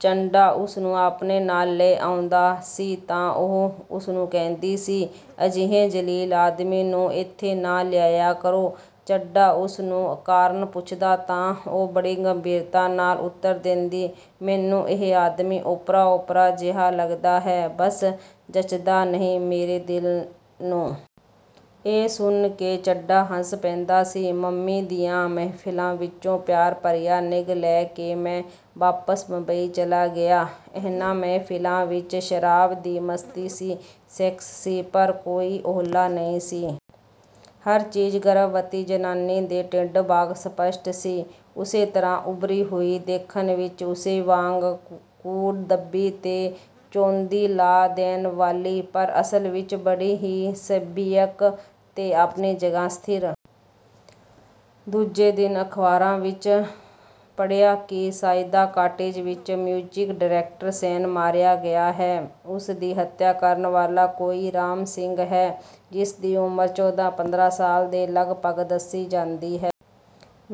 ਚੰਡਾ ਉਸਨੂੰ ਆਪਣੇ ਨਾਲ ਲੈ ਆਉਂਦਾ ਸੀ ਤਾਂ ਉਹ ਉਸਨੂੰ ਕਹਿੰਦੀ ਸੀ, "ਅਜਿਹੇ ਜਲੀਲ ਆਦਮੀ ਨੂੰ ਇੱਥੇ ਨਾ ਲਿਆਇਆ ਕਰੋ। " ਚੱਡਾ ਉਸਨੂੰ ਕਾਰਣ ਪੁੱਛਦਾ ਤਾਂ ਉਹ ਬੜੀ ਗੰਭੀਰਤਾ ਨਾਲ ਉਤਰ ਦਿੰਦੀ, "ਮੈਨੂੰ ਇਹ ਆਦਮੀ ਓਪਰਾ-ਓਪਰਾ ਜਿਹਾ ਲੱਗਦਾ ਹੈ, ਬਸ ਜਚਦਾ ਨਹੀਂ ਮੇਰੇ ਦਿਲ ਨੂੰ। " ਇਹ ਸੁਣ ਕੇ ਚੱਡਾ ਹੱਸ ਪੈਂਦਾ ਸੀ। ਮੰਮੀ ਦੀਆਂ ਮਹਿਫ਼ਿਲਾਂ ਵਿਚੋਂ ਪਿਆਰ ਭਰਿਆ ਨਿੱਘ ਲੈ ਕੇ ਮੈਂ ਵਾਪਸ ਬੰਬਈ ਚਲਾ ਗਿਆ। ਇਹਨਾਂ ਮਹਿਫ਼ਿਲਾਂ ਵਿਚ ਸ਼ਰਾਬ ਦੀ ਮਸਤੀ ਸੀ, ਸੈਕਸ ਸੀ, ਪਰ ਕੋਈ ਓਹਲਾ ਨਹੀਂ ਸੀ। ਹਰ ਚੀਜ਼ ਗਰਭਵਤੀ ਜ਼ਨਾਨੀ ਦੇ ਢਿੱਡ ਵਾਂਗ ਸਪਸ਼ਟ ਸੀ। ਉਸੇ ਤਰ੍ਹਾਂ ਉੱਭਰੀ ਹੋਈ, ਦੇਖਣ ਵਿਚ ਉਸੇ ਵਾਂਗ ਕੁਢੱਬੀ ਤੇ ਚੌਂਧੀ ਲਾ ਦੇਣ ਵਾਲੀ, ਪਰ ਅਸਲ ਵਿਚ ਬੜੀ ਹੀ ਸਭਿਅਕ ਤੇ ਆਪਣੀ ਜਗ੍ਹਾ ਸਥਿਰ। ਦੂਜੇ ਦਿਨ ਅਖ਼ਬਾਰਾਂ ਵਿਚ ਪੜ੍ਹਿਆ ਕਿ ਸਈਦਾ ਕਾਟੇਜ ਵਿਚ ਮਿਊਜ਼ਿਕ ਡਾਇਰੈਕਟਰ ਸੈਨ ਮਾਰਿਆ ਗਿਆ ਹੈ। ਉਸਦੀ ਹੱਤਿਆ ਕਰਨ ਵਾਲਾ ਕੋਈ ਰਾਮ ਸਿੰਘ ਹੈ, ਜਿਸਦੀ ਉਮਰ ਚੌਦਾਂ ਪੰਦਰਾਂ ਸਾਲ ਦੇ ਲਗਭਗ ਦੱਸੀ ਜਾਂਦੀ ਹੈ।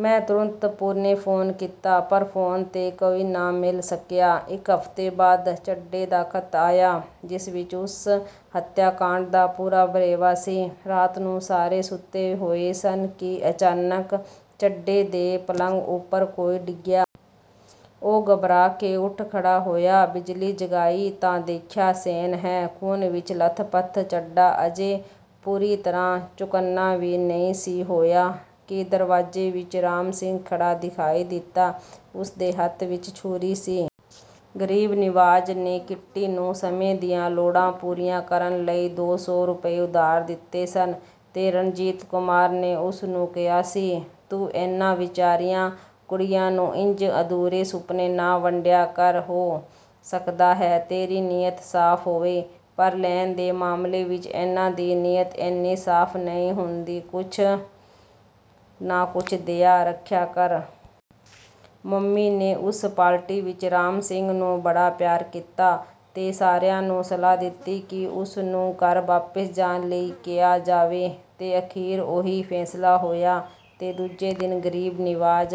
ਮੈਂ ਤੁਰੰਤ ਪੂਨੇ ਫ਼ੋਨ ਕੀਤਾ, ਪਰ ਫ਼ੋਨ 'ਤੇ ਕੋਈ ਨਾ ਮਿਲ ਸਕਿਆ। ਇਕ ਹਫ਼ਤੇ ਬਾਅਦ ਚੱਡੇ ਦਾ ਖ਼ਤ ਆਇਆ, ਜਿਸ ਵਿਚ ਉਸ ਹੱਤਿਆ ਕਾਂਢ ਦਾ ਪੂਰਾ ਵਰੇਵਾ ਸੀ। ਰਾਤ ਨੂੰ ਸਾਰੇ ਸੁੱਤੇ ਹੋਏ ਸਨ ਕਿ ਅਚਾਨਕ ਚੱਡੇ ਦੇ ਪਲੰਘ ਉਪਰ ਕੋਈ ਡਿੱਗਿਆ। ਉਹ ਘਬਰਾ ਕੇ ਉਠ ਖੜ੍ਹਾ ਹੋਇਆ। ਬਿਜਲੀ ਜਗਾਈ ਤਾਂ ਦੇਖਿਆ, ਸੈਨ ਹੈ, ਖੂਨ ਵਿਚ ਲੱਥਪੱਥ। ਚੱਡਾ ਅਜੇ ਪੂਰੀ ਤਰ੍ਹਾਂ ਚੌਕੰਨਾਂ ਵੀ ਨਹੀਂ ਸੀ ਹੋਇਆ ਕਿ ਦਰਵਾਜ਼ੇ ਵਿਚ ਰਾਮ ਸਿੰਘ ਖੜ੍ਹਾ ਦਿਖਾਈ ਦਿੱਤਾ। ਉਸਦੇ ਹੱਥ ਵਿਚ ਛੁਰੀ ਸੀ। ਗਰੀਬ ਨਿਵਾਜ ਨੇ ਕਿੱਟੀ ਨੂੰ ਸਮੇਂ ਦੀਆਂ ਲੋੜਾਂ ਪੂਰੀਆਂ ਕਰਨ ਲਈ ਦੋ ਸੌ ਰੁਪਏ ਉਧਾਰ ਦਿੱਤੇ ਸਨ ਤੇ ਰਣਜੀਤ ਕੁਮਾਰ ਨੇ ਉਸਨੂੰ ਕਿਹਾ ਸੀ, "ਤੂੰ ਇਹਨਾਂ ਵਿਚਾਰੀਆਂ ਕੁੜੀਆਂ ਨੂੰ ਇੰਜ ਅਧੂਰੇ ਸੁਪਨੇ ਨਾ ਵੰਡਿਆ ਕਰ ਹੋ ਸਕਦਾ ਹੈ ਤੇਰੀ ਨੀਅਤ ਸਾਫ ਹੋਵੇ, ਪਰ ਲੈਣ ਦੇ ਮਾਮਲੇ ਵਿਚ ਇਹਨਾਂ ਦੀ ਨੀਅਤ ਏਨੀ ਸਾਫ ਨਹੀਂ ਹੁੰਦੀ ਕੁਝ ਨਾ ਕੁਝ ਦੇਈਆ ਰੱਖਿਆ ਕਰ। " ਮੰਮੀ ਨੇ ਉਸ ਪਾਰਟੀ ਵਿਚ ਰਾਮ ਸਿੰਘ ਨੂੰ ਬੜਾ ਪਿਆਰ ਕੀਤਾ ਤੇ ਸਾਰਿਆਂ ਨੂੰ ਸਲਾਹ ਦਿੱਤੀ ਕਿ ਉਸਨੂੰ ਘਰ ਵਾਪਸ ਜਾਣ ਲਈ ਕਿਹਾ ਜਾਵੇ। ਤੇ ਅਖੀਰ ਉਹੀ ਫੈਸਲਾ ਹੋਇਆ ਤੇ ਦੂਜੇ ਦਿਨ ਗਰੀਬ ਨਿਵਾਜ